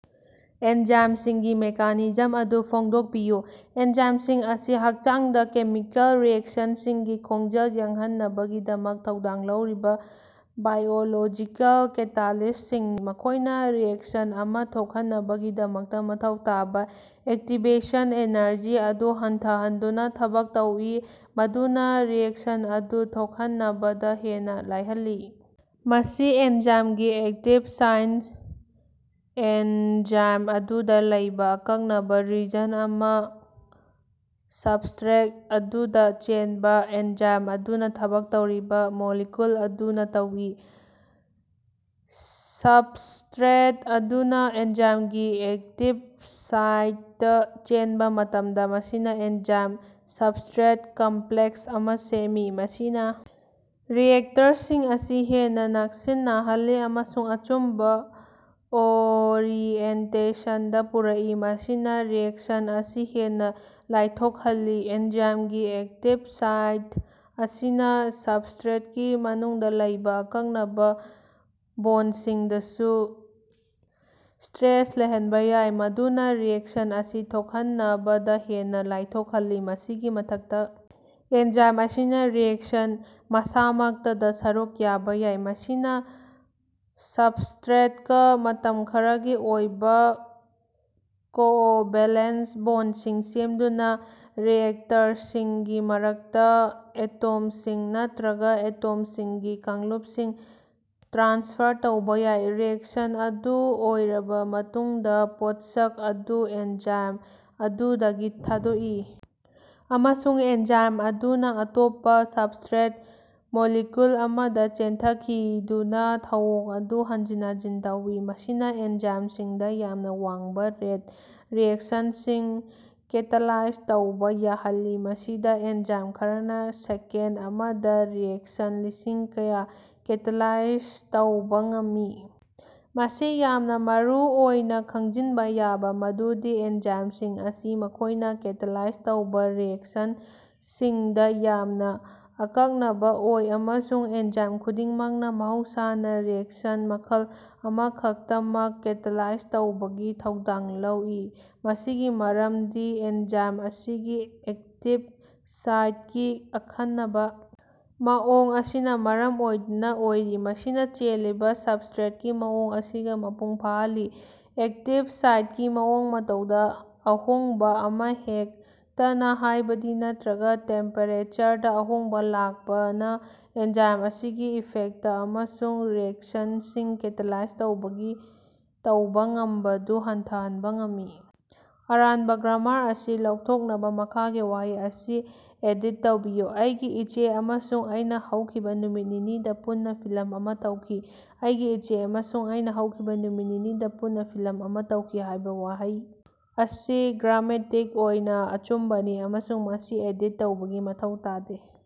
ꯑꯦꯟꯖꯥꯏꯝꯁꯤꯡꯒꯤ mechanism ꯑꯗꯨ ꯐꯣꯡꯗꯣꯛꯄꯤꯌꯨ꯫ ꯑꯦꯟꯖꯥꯏꯝꯁꯤꯡ ꯑꯁꯤ ꯍꯛꯆꯥꯡꯗ ꯀꯦꯃꯤꯀꯦꯜ ꯔꯤꯑꯦꯛꯁꯟꯁꯤꯡ ꯈꯣꯡꯖꯦꯜ ꯌꯥꯡꯁꯤꯟꯍꯟꯅꯕꯒꯤ ꯊꯧꯗꯥꯡ ꯂꯧꯔꯤꯕꯥ ꯕꯥꯏꯑꯣꯂꯣꯖꯤꯀꯦꯜ ꯀꯦꯇꯥꯂꯤꯁꯁꯤꯡꯅꯤ꯫ ꯃꯈꯣꯏꯅ ꯔꯤꯑꯦꯛꯁꯟ ꯑꯃ ꯊꯣꯛꯍꯟꯅꯕꯒꯤꯗꯃꯛꯇ ꯃꯊꯧ ꯇꯥꯕ ꯑꯦꯛꯇꯤꯚꯦꯁꯟ ꯑꯦꯅꯔꯖꯤ ꯑꯗꯨ ꯍꯟꯊꯍꯟꯗꯨꯅꯥ ꯊꯕꯛ ꯇꯧꯏ, ꯃꯗꯨꯅ ꯔꯤꯑꯦꯛꯁꯟ ꯑꯗꯨ ꯊꯣꯛꯍꯟꯅꯕꯗꯥ ꯍꯦꯟꯅ ꯂꯥꯏꯍꯜꯂꯤ꯫ ꯃꯁꯤ ꯑꯦꯟꯖꯥꯏꯝꯒꯤ ꯑꯦꯛꯇꯤꯚ ꯁꯥꯏꯠ, ꯑꯦꯅꯖꯥꯏꯝ ꯑꯗꯨꯗ ꯂꯩꯕ ꯑꯀꯛꯅꯕꯥ ꯔꯤꯖꯟ ꯑꯃꯅ ꯁꯕꯁꯇ꯭ꯔꯦꯠ ꯑꯗꯨꯗ ꯆꯦꯟꯕ, ꯑꯦꯟꯖꯥꯏꯝ ꯑꯗꯨꯅ ꯊꯕꯛ ꯇꯧꯔꯤꯕ ꯃꯣꯂꯤꯀꯨꯜ ꯑꯗꯨꯅ ꯇꯧꯏ꯫ ꯁꯕꯁꯇ꯭ꯔꯦꯠ ꯑꯗꯨꯅ ꯑꯦꯟꯖꯥꯏꯝꯒꯤ ꯑꯦꯛꯇꯤꯕ ꯁꯥꯏꯠꯇ ꯆꯦꯟꯕ ꯃꯇꯝꯗ, ꯃꯁꯤꯅ ꯑꯦꯟꯖꯥꯏꯝ-ꯁꯕꯁꯇ꯭ꯔꯦꯠ ꯀꯝꯄ꯭ꯂꯦꯛꯁ ꯑꯃ ꯁꯦꯝꯃꯤ꯫ ꯃꯁꯤꯅ ꯔꯤꯑꯦꯛꯇꯔꯁꯤꯡ ꯑꯁꯤ ꯍꯦꯟꯅ ꯅꯛꯁꯤꯟꯅꯍꯜꯂꯤ ꯑꯃꯁꯨꯡ ꯑꯆꯨꯝꯕ ꯑꯣꯔꯤꯑꯦꯟꯇꯦꯁꯟꯗꯥ ꯄꯨꯔꯛꯏ, ꯃꯁꯤꯅ ꯔꯤꯑꯦꯛꯁꯟ ꯑꯁꯤ ꯍꯦꯟꯅ ꯂꯥꯏꯊꯣꯛꯍꯜꯂꯤ꯫ ꯑꯦꯟꯖꯥꯏꯝꯒꯤ ꯑꯦꯛꯇꯤꯕ ꯁꯥꯏꯠ ꯑꯁꯤꯅ ꯁꯕꯁꯇ꯭ꯔꯦꯠꯀꯤ ꯃꯅꯨꯡꯗ ꯂꯩꯕ ꯑꯀꯛꯅꯕ ꯕꯣꯟꯁꯤꯡꯗꯁꯨ ꯁꯇ꯭ꯔꯦꯁ ꯂꯩꯍꯟꯕꯥ ꯌꯥꯏ, ꯃꯗꯨꯅ ꯔꯤꯑꯦꯛꯁꯟ ꯑꯁꯤ ꯊꯣꯛꯍꯟꯅꯕꯗ ꯍꯦꯟꯅ ꯂꯥꯏꯊꯣꯛꯍꯜꯂꯤ꯫ ꯃꯁꯤꯒꯤ ꯃꯊꯛꯇ, ꯑꯦꯟꯖꯥꯏꯝ ꯑꯁꯤꯅ ꯔꯤꯑꯦꯛꯁꯟ ꯃꯁꯥꯃꯛꯇꯗ ꯁꯔꯨꯛ ꯌꯥꯕ ꯌꯥꯏ, ꯃꯁꯤꯅ ꯁꯕꯁꯇ꯭ꯔꯦꯠꯀꯥ ꯃꯇꯝ ꯈꯔꯒꯤ ꯑꯣꯏꯕ ꯀꯣꯑꯣꯚꯦꯂꯦꯟ ꯕꯣꯟꯁꯤꯡ ꯁꯦꯝꯗꯨꯅ ꯔꯤꯑꯦꯛꯇꯔꯁꯤꯡꯒꯤ ꯃꯔꯛꯇ ꯑꯦꯇꯣꯝꯁꯤꯡ ꯅꯠꯇ꯭ꯔꯒ ꯑꯦꯇꯣꯝꯁꯤꯡꯒꯤ ꯀꯥꯡꯂꯨꯞꯁꯤꯡ ꯇ꯭ꯔꯥꯟꯁꯐꯔ ꯇꯧꯕ ꯌꯥꯏ꯫ ꯔꯤꯑꯦꯛꯁꯟ ꯑꯗꯨ ꯂꯣꯏꯔꯕ ꯃꯇꯨꯡꯗ, ꯄꯣꯠꯊꯣꯛ ꯑꯗꯨ ꯑꯦꯟꯖꯥꯏꯝ ꯑꯗꯨꯗꯒꯤ ꯊꯥꯗꯣꯛꯏ, ꯑꯃꯁꯨꯡ ꯑꯦꯟꯖꯥꯏꯝ ꯑꯗꯨꯅ ꯑꯇꯣꯞꯄ ꯁꯕꯁꯇ꯭ꯔꯦꯠ ꯃꯣꯂꯤꯀꯨꯜ ꯑꯃꯗ ꯆꯦꯟꯊꯈꯤꯗꯨꯅꯥ ꯊꯧꯑꯣꯡ ꯑꯗꯨ ꯍꯟꯖꯤꯟ ꯍꯟꯖꯤꯟ ꯇꯧꯏ꯫ ꯃꯁꯤꯅ ꯑꯦꯟꯖꯥꯏꯝꯁꯤꯡꯗ ꯌꯥꯝꯅ ꯋꯥꯡꯕ ꯔꯦꯠ ꯔꯤꯑꯦꯛꯁꯟꯁꯤꯡ ꯀꯦꯇꯥꯂꯥꯏꯖ ꯇꯧꯕ ꯌꯥꯍꯜꯂꯤ, ꯃꯁꯤꯗ ꯑꯦꯟꯖꯥꯏꯝ ꯈꯔꯅ ꯁꯦꯀꯦꯟ ꯑꯃꯗ ꯔꯤꯑꯦꯛꯁꯟ ꯂꯤꯁꯤꯡ ꯀꯌꯥ ꯀꯦꯇꯥꯂꯥꯏꯖ ꯇꯧꯕ ꯉꯝꯃꯤ꯫ ꯃꯁꯤ ꯌꯥꯝꯅ ꯃꯔꯨꯑꯣꯏꯅ ꯈꯪꯖꯤꯟꯕ ꯌꯥꯏ ꯃꯗꯨꯗꯤ ꯑꯦꯟꯖꯥꯏꯝꯁꯤꯡ ꯑꯁꯤ ꯃꯈꯣꯏꯅ ꯀꯦꯇꯥꯂꯥꯏꯖ ꯇꯧꯕ ꯔꯤꯑꯦꯛꯁꯟꯁꯤꯡꯗ ꯌꯥꯝꯅ ꯑꯀꯛꯅꯕ ꯑꯣꯏ, ꯑꯃꯁꯨꯡ ꯑꯦꯟꯖꯥꯏꯝ ꯈꯨꯗꯤꯡꯃꯛꯅ ꯃꯍꯧꯁꯥꯅ ꯔꯤꯑꯦꯛꯁꯟ ꯃꯈꯜ ꯑꯃꯈꯛꯇꯃꯛ ꯀꯦꯇꯥꯂꯥꯏꯖ ꯇꯧꯕꯒꯤ ꯊꯧꯗꯥꯡ ꯂꯧꯏ꯫ ꯃꯁꯤꯒꯤ ꯃꯔꯝꯗꯤ ꯑꯦꯟꯖꯥꯏꯝ ꯑꯁꯤꯒꯤ ꯑꯦꯛꯇꯤꯕ ꯁꯥꯏꯠꯀꯤ ꯑꯈꯟꯅꯕ ꯃꯑꯣꯡ ꯑꯁꯤꯅ ꯃꯔꯝ ꯑꯣꯏꯗꯨꯅ ꯑꯣꯏꯔꯤ, ꯃꯁꯤꯅ ꯆꯦꯜꯂꯤꯕ ꯁꯕꯁꯇ꯭ꯔꯦꯠꯀꯤ ꯃꯑꯣꯡ ꯑꯁꯤꯒ ꯃꯄꯨꯡ ꯐꯥꯍꯜꯂꯤ꯫ ꯑꯦꯛꯇꯤꯚ ꯁꯥꯏꯠꯀꯤ ꯃꯑꯣꯡ-ꯃꯇꯧꯗ ꯑꯍꯣꯡꯕ ꯑꯃꯍꯦꯛꯇꯅ, ꯍꯥꯢꯕꯗꯤ ꯅꯠꯇ꯭ꯔꯒ ꯇꯦꯝꯄꯦꯔꯦꯆꯔꯗꯥ ꯑꯍꯣꯡꯕ ꯂꯥꯛꯄꯅ, ꯑꯦꯟꯖꯥꯏꯝ ꯑꯁꯤꯒꯤ ꯏꯐꯦꯛꯇ ꯑꯃꯁꯨꯡ ꯔꯤꯑꯦꯛꯁꯟꯁꯤꯡ ꯀꯦꯇꯥꯂꯥꯏꯖ ꯇꯧꯕꯒꯤ ꯇꯧꯕ ꯉꯝꯕꯗꯨ ꯍꯟꯊꯍꯟꯕꯥ ꯉꯝꯃꯤ꯫ ꯑꯔꯥꯟꯕ ꯒ꯭ꯔꯥꯃꯥꯔ ꯑꯁꯤ ꯂꯧꯊꯣꯛꯅꯕꯥ ꯃꯈꯥꯒꯤ ꯋꯥꯍꯩ ꯑꯁꯤ ꯑꯦꯗꯤꯠ ꯇꯧꯕꯤꯌꯨ: "ꯑꯩꯒꯤ ꯏꯆꯦ ꯑꯃꯁꯨꯡ ꯑꯩꯅ ꯍꯧꯈꯤꯕ ꯅꯨꯃꯤꯠ ꯅꯤꯅꯤꯗ ꯄꯨꯟꯅ ꯐꯤꯂꯝ ꯑꯃ ꯇꯧꯈꯤ꯫ "ꯑꯩꯒꯤ ꯏꯆꯦ ꯑꯃꯁꯨꯡ ꯑꯩꯅꯥ ꯍꯧꯈꯤꯕ ꯅꯨꯃꯤꯠ ꯅꯤꯅꯤꯗ ꯄꯨꯟꯅ ꯐꯤꯂꯝ ꯑꯃ ꯇꯧꯈꯤ" ꯍꯥꯏꯕ ꯋꯥꯍꯩ ꯑꯁꯤ ꯒ꯭ꯔꯥꯃꯦꯇꯤꯛ ꯑꯣꯏꯅ ꯑꯆꯨꯝꯕꯅꯤ ꯑꯃꯁꯨꯡ ꯃꯁꯤ ꯑꯦꯗꯤꯠ ꯇꯧꯕꯒꯤ ꯃꯊꯧ ꯇꯥꯗꯦ꯫